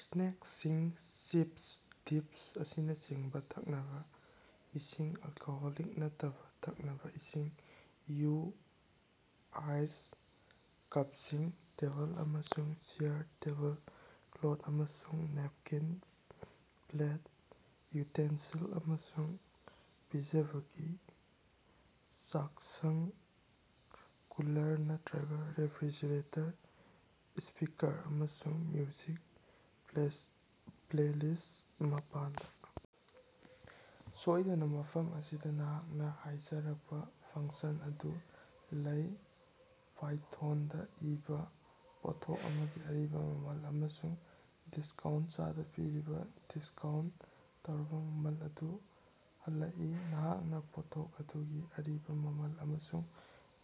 Snacking (chips, dips, ꯑꯁꯤꯅꯆꯤꯡꯕ) ꯊꯛꯅꯕ ꯏꯁꯤꯡ (ꯑꯜꯀꯣꯍꯣꯂꯤꯛ ꯅꯠꯇꯕ ꯊꯛꯅꯕ ꯏꯁꯤꯡ, ꯌꯨ, ꯑꯥꯏꯁ, ꯀꯞꯁꯤꯡ) ꯇꯦꯕꯜ ꯑꯃꯁꯨꯡ ꯆꯦꯌꯔ ꯇꯦꯕꯜ ꯀ꯭ꯂꯣꯊ ꯑꯃꯁꯨꯡ ꯅꯦꯞꯀꯤꯟ ꯄ꯭ꯂꯦꯠ, ꯌꯨꯇꯦꯟꯁꯤꯜ, ꯑꯃꯁꯨꯡ ꯄꯤꯖꯕꯒꯤ ꯆꯥꯛꯁꯪ ꯀꯨꯂꯔ ꯅꯠꯇ꯭ꯔꯒ ꯔꯦꯐ꯭ꯔꯤꯖꯔꯦꯇꯔ ꯁ꯭ꯄꯤꯀꯔ ꯑꯃꯁꯨꯡ ꯃ꯭ꯌꯨꯖꯤꯛ ꯄ꯭ꯂꯦ ꯄ꯭ꯂꯦꯂꯤꯁ ꯃꯄꯥꯟꯗ ꯁꯣꯏꯗꯅ, ꯃꯐꯝ ꯑꯁꯤꯗ ꯅꯍꯥꯛꯅ ꯍꯥꯏꯖꯔꯛꯄ ꯐꯪꯁꯟ ꯑꯗꯨ ꯂꯩ, ꯄꯥꯏꯊꯣꯟꯗ ꯏꯕ, ꯄꯣꯠꯊꯣꯛ ꯑꯃꯒꯤ ꯑꯔꯤꯕ ꯃꯃꯜ ꯑꯃꯁꯨꯡ ꯗꯤꯁꯀꯥꯎꯟꯠ ꯆꯥꯗ ꯄꯤꯔꯕ ꯗꯤꯁꯀꯥꯎꯟꯠ ꯇꯧꯔꯕ ꯃꯃꯜ ꯑꯗꯨ ꯍꯜꯂꯛꯏ꯫ ꯅꯍꯥꯛꯅ ꯄꯣꯠꯊꯣꯛ ꯑꯗꯨꯒꯤ ꯑꯔꯤꯕ ꯃꯃꯜ ꯑꯃꯁꯨꯡ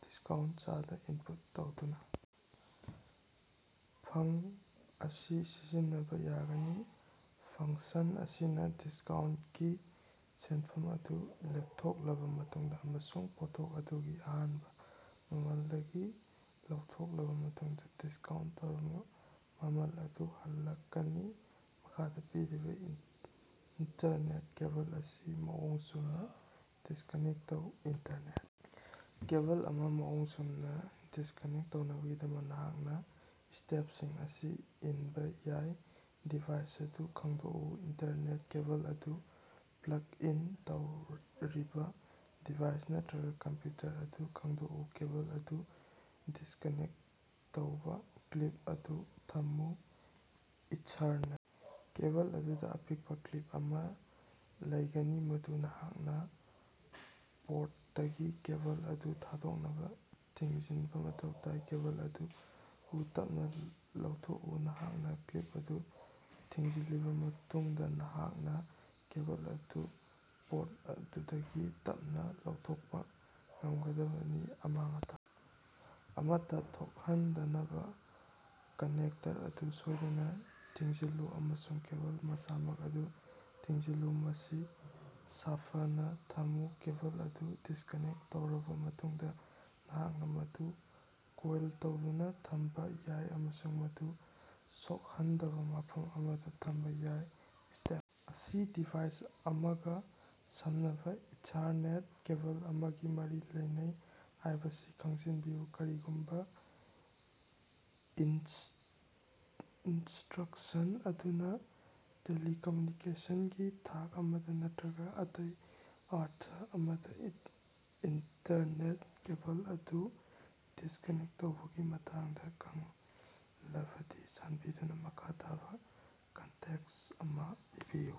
ꯗꯤꯁꯀꯥꯎꯟꯠ ꯆꯥꯗ ꯏꯟꯄꯨꯠ ꯇꯧꯗꯨꯅ ꯐꯪ ꯑꯁꯤ ꯁꯤꯖꯤꯟꯅꯕ ꯌꯥꯒꯅꯤ꯫ ꯐꯪꯁꯟ ꯑꯁꯤꯅ ꯗꯤꯁꯀꯥꯎꯟꯠꯀꯤ ꯁꯦꯟꯐꯝ ꯑꯗꯨ ꯂꯦꯞꯊꯣꯛꯂꯕ ꯃꯇꯨꯡꯗ ꯑꯃꯁꯨꯡ ꯄꯣꯠꯊꯣꯛ ꯑꯗꯨꯒꯤ ꯑꯍꯥꯟꯕ ꯃꯃꯜꯗꯒꯤ ꯂꯧꯊꯣꯛꯂꯕ ꯃꯇꯨꯡꯗ ꯗꯤꯁꯀꯥꯎꯟꯠ ꯇꯧꯔꯕ ꯃꯃꯜ ꯑꯗꯨ ꯍꯜꯂꯛꯀꯅꯤ꯫ ꯃꯈꯥꯗ ꯄꯤꯔꯤꯕ ꯏꯟꯇꯔꯅꯦꯠ ꯀꯦꯕꯜ ꯑꯁꯤ ꯃꯑꯣꯡ ꯆꯨꯝꯅ ꯗꯤꯁꯀꯅꯦꯛ ꯇꯧ꯫ ꯏꯟꯇꯔꯅꯦꯠ ꯀꯦꯕꯜ ꯑꯃ ꯃꯑꯣꯡ ꯆꯨꯝꯅ ꯗꯤꯁꯀꯅꯦꯛ ꯇꯧꯅꯕꯒꯤꯗꯃꯛ, ꯅꯍꯥꯛꯅ ꯁ꯭ꯇꯦꯞꯁꯤꯡ ꯑꯁꯤ ꯏꯟꯕ ꯌꯥꯏ: ꯗꯤꯚꯥꯏꯁ ꯑꯗꯨ ꯈꯪꯗꯣꯛꯎ: ꯏꯟꯇꯔꯅꯦꯠ ꯀꯦꯕꯜ ꯑꯗꯨ ꯄ꯭ꯂꯒ ꯏꯟ ꯇꯧꯔꯤꯕ ꯗꯤꯚꯥꯏꯁ ꯅꯠꯇ꯭ꯔꯒ ꯀꯝꯄ꯭ꯌꯨꯇꯔ ꯑꯗꯨ ꯈꯪꯗꯣꯛꯎ꯫ ꯀꯦꯕꯜ ꯑꯗꯨ ꯗꯤꯁꯀꯅꯦꯛ ꯇꯧꯕ꯫ ꯀ꯭ꯂꯤꯞ ꯑꯗꯨ ꯊꯝꯃꯨ: ꯏꯊꯥꯔꯅꯦꯠ ꯀꯦꯕꯜ ꯑꯗꯨꯗ ꯑꯄꯤꯛꯄ ꯀ꯭ꯂꯤꯞ ꯑꯃ ꯂꯩꯒꯅꯤ, ꯃꯗꯨ ꯅꯍꯥꯛꯅ ꯄꯣꯔꯠꯇꯒꯤ ꯀꯦꯕꯜ ꯑꯗꯨ ꯊꯥꯗꯣꯛꯅꯕ ꯊꯤꯡꯖꯤꯟꯕ ꯃꯊꯧ ꯇꯥꯏ꯫ ꯀꯦꯕꯜ ꯑꯗꯨ ꯇꯞꯅ ꯂꯧꯊꯣꯛꯎ: ꯅꯍꯥꯛꯅ ꯀ꯭ꯂꯤꯞ ꯑꯗꯨ ꯊꯤꯡꯖꯤꯜꯂꯕ ꯃꯇꯨꯡꯗ, ꯅꯍꯥꯛꯅ ꯀꯦꯕꯜ ꯑꯗꯨ ꯄꯣꯔꯠ ꯑꯗꯨꯗꯒꯤ ꯇꯞꯅ ꯂꯧꯊꯣꯛꯄ ꯉꯝꯒꯗꯕꯅꯤ꯫ ꯑꯃꯥꯡ-ꯑꯇꯥ ꯑꯃꯠꯇ ꯊꯣꯛꯍꯟꯗꯅꯕ ꯀꯅꯦꯛꯇꯔ ꯑꯗꯨ ꯁꯣꯏꯗꯅ ꯊꯤꯡꯖꯤꯜꯂꯨ ꯑꯃꯁꯨꯡ ꯀꯦꯕꯜ ꯃꯁꯥꯃꯛ ꯑꯗꯨ ꯊꯤꯡꯖꯤꯜꯂꯨ꯫ ꯃꯁꯤ ꯁꯥꯐꯅ ꯊꯝꯃꯨ: ꯀꯦꯕꯜ ꯑꯗꯨ ꯗꯤꯁꯀꯅꯦꯛꯇ ꯇꯧꯔꯕ ꯃꯇꯨꯡꯗ, ꯅꯍꯥꯛꯅ ꯃꯗꯨ ꯀꯣꯏꯜ ꯇꯧꯗꯨꯅ ꯊꯝꯕ ꯌꯥꯏ ꯑꯃꯁꯨꯡ ꯃꯗꯨ ꯁꯣꯛꯍꯟꯗꯕ ꯃꯐꯝ ꯑꯃꯗ ꯊꯝꯕ ꯌꯥꯏ꯫ ꯁ꯭ꯇꯦꯞ ꯑꯁꯤ ꯗꯤꯚꯥꯏꯁ ꯑꯃꯒ ꯁꯝꯅꯕ ꯏꯊꯥꯔꯅꯦꯠ ꯀꯦꯕꯜ ꯑꯃꯒ ꯃꯔꯤ ꯂꯩꯅꯩ ꯍꯥꯏꯕꯁꯤ ꯈꯪꯖꯤꯟꯕꯤꯌꯨ꯫ ꯀꯔꯤꯒꯨꯝꯕ ꯏꯟꯁ ꯏꯟꯁꯇ꯭ꯔꯛꯁꯟ ꯑꯗꯨꯅ ꯇꯦꯂꯤꯀꯃ꯭ꯌꯨꯅꯤꯀꯦꯁꯟꯒꯤ ꯊꯥꯛ ꯑꯃꯗ ꯅꯠꯇ꯭ꯔꯒ ꯑꯇꯩ ꯑꯔꯊ ꯑꯃꯗ ꯏꯟ ꯏꯟꯇꯔꯅꯦꯠ ꯀꯦꯕꯜ ꯑꯗꯨ ꯗꯤꯁꯀꯅꯦꯛ ꯇꯧꯕꯒꯤ ꯃꯇꯥꯡꯗ ꯈꯪꯂꯕꯗꯤ ꯆꯥꯟꯕꯤꯗꯨꯅ ꯃꯈꯥ ꯇꯥꯕ ꯀꯟꯇꯦꯛꯁ ꯑꯃ ꯄꯤꯕꯤꯌꯨ꯫